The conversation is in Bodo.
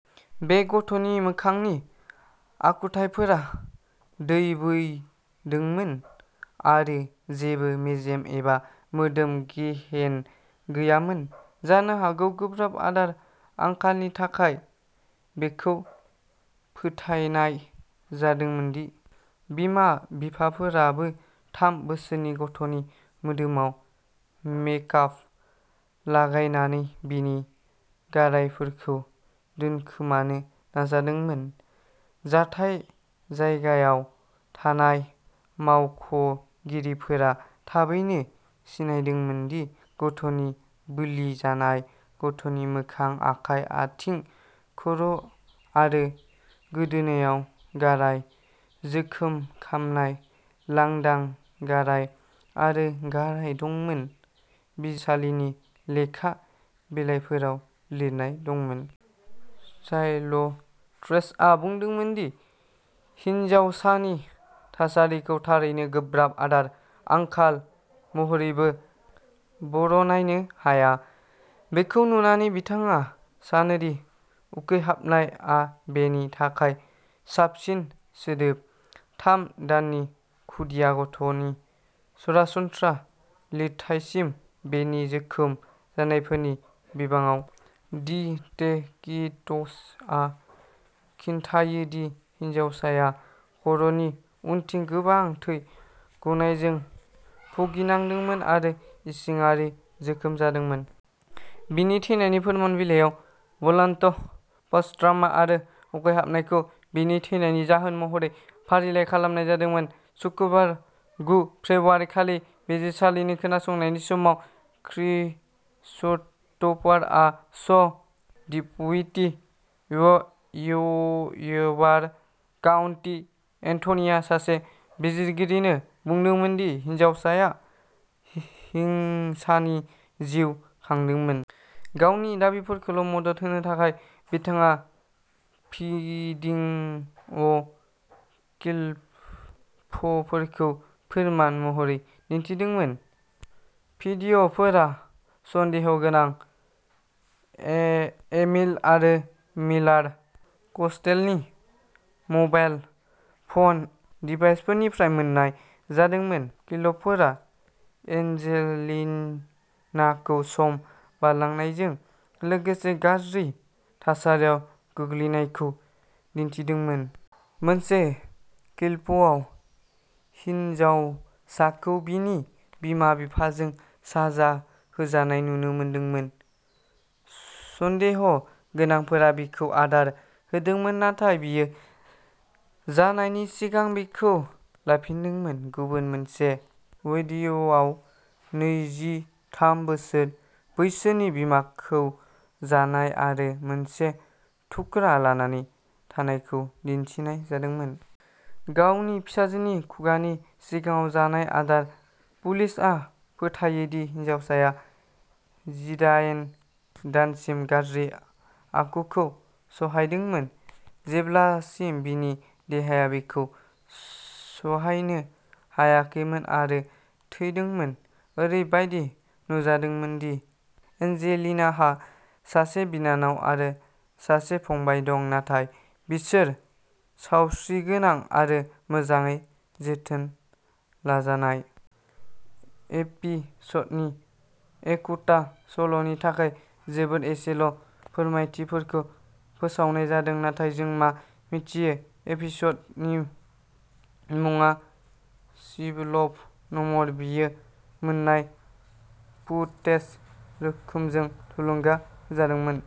बे गथ'नि मोखांनि आखुथाइफोरा दोबैदोंमोन आरो जेबो मेजेम एबा मोदोम-गेहेन गैयैमोन, जानो हागौ गोब्राब आदार आंखालनि थाखाय। बेखौ फोथायनाय जादोंमोन दि बिमा-बिफाफोराबो थाम बोसोरनि गथ'नि मोदोमाव मेकाप लागायनानै बिनि गारायफोरखौ दोनखोमानो नाजादोंमोन। जाथाय जायगायाव थानाय मावख'गिरिफोरा थाबैनो सिनायदोंमोन दि गथ'नि बोलि जानाय गथ'नि मोखां, आखाइ, आथिं, खर'आरो गोदोनायाव गाराय, जोखोम, खामनाय, लांदां गाराय आरो गाराय दंमोन बिजिरसालिनि लेखा बिलाइफोराव लिरनाय दंमोन। चाइल्ड्रेसआ बुंदोंमोन दि हिनजावसानि थासारिखौ थारैनो गोब्राब आदार आंखाल महरैबो बरनायनो हाया। बेखौ नुनानै, बिथाङा सानो दि उखैहाबनाय आ बेनि थाखाय साबसिन सोदोब। थाम दाननि खुदिया गथनि सरासनस्रा लिरथाइसिम। बिनि जोखोम जानायफोरनि बिबाङाव, डिटेक्टिभआ खिन्थायो दि हिनजावसाया खर नि उनथिं गोबां थै गनायजों भुगिनांदोंमोन आरो इसिङारि जोखोम जादोंमोन। बिनि थैनायनि फोरमान बिलाइयाव, ब्लान्ट फर्स ट्रमा आरो उखैहाबनायखौ बिनि थैनायनि जाहोन महरै फारिलाइ खालामनाय जादोंमोन। सुक्रुबार, गु फेब्रुआरिखालि बिजिरसालिनि खोनासंनायनि समाव, Christopher Shaw, deputy Weber County एटर्नीआ सासे बिजिरगिरिनो बुंदोंमोन दि हिनजावसाया हिंसानि जिउ खांदोंमोन। गावनि दाबिफोरखौ मदद होनो थाखाय, बिथाङा भिडिअ क्लिपफोरखौ फोरमान महरै दिन्थिदोंमोन। भिडिअ फोरा सन्देह' गोनां एमिल आरो मिलार कस्टेल'नि मबाइल फ'न डिभाइसफोरनिफ्राय मोन्नाय जादोंमोन। क्लिपफोरा एन्जेलिनाखौ सम बारलांनायजों लोगोसे गाज्रि थासारियाव गोग्लैनायखौ दिन्थिदोंमोन। मोनसे क्लिपआव, हिनजावसाखौ बिनि बिमा-बिफाजों साजा होजानाय नुनो मोनदोंमोन। सन्देह' गोनांफोरा बिखौ आदार होदोंमोन नाथाय बियो जानायनि सिगां बेखौ लाफिनदोंमोन। गुबुन मोनसे वीडिय'आव नैजिथाम बोसोर बैसोनि बिमाखौ जानाय आरो मोनसे थुख्रा लानानै थानायखौ दिन्थिनाय जादोंमोन। गावनि फिसाजोनि खुगानि सिगाङाव जानाय आदार। पुलिसआ फोथायो दि हिनजावसाया जिदायेन दानसिम गाज्रि आखुखौ सहायदोंमोन जेब्लासिम बिनि देहाया बेखौ सहायनो हायाखैमोन आरो थैदोंमोन। ओरैबायदि नुजादोंमोन दि एन्जेलिनाहा सासे बिनानाव आरो सासे फंबाय दं नाथाय बिसोर सावस्रिगोनां आरो मोजाङै जोथोन लाजानाय। एपिसडनि एखुथा सल'नि थाखाय, जोबोद एसेल' फोरमायथिफोरखौ फोसावनाय जादों, नाथाय जों मा मिथियो एपिसडनि मुङा स्लिप न'मर बेयो मोन्नाय फुटेज रोखोमजों थुलुंगा होजादोंमोन।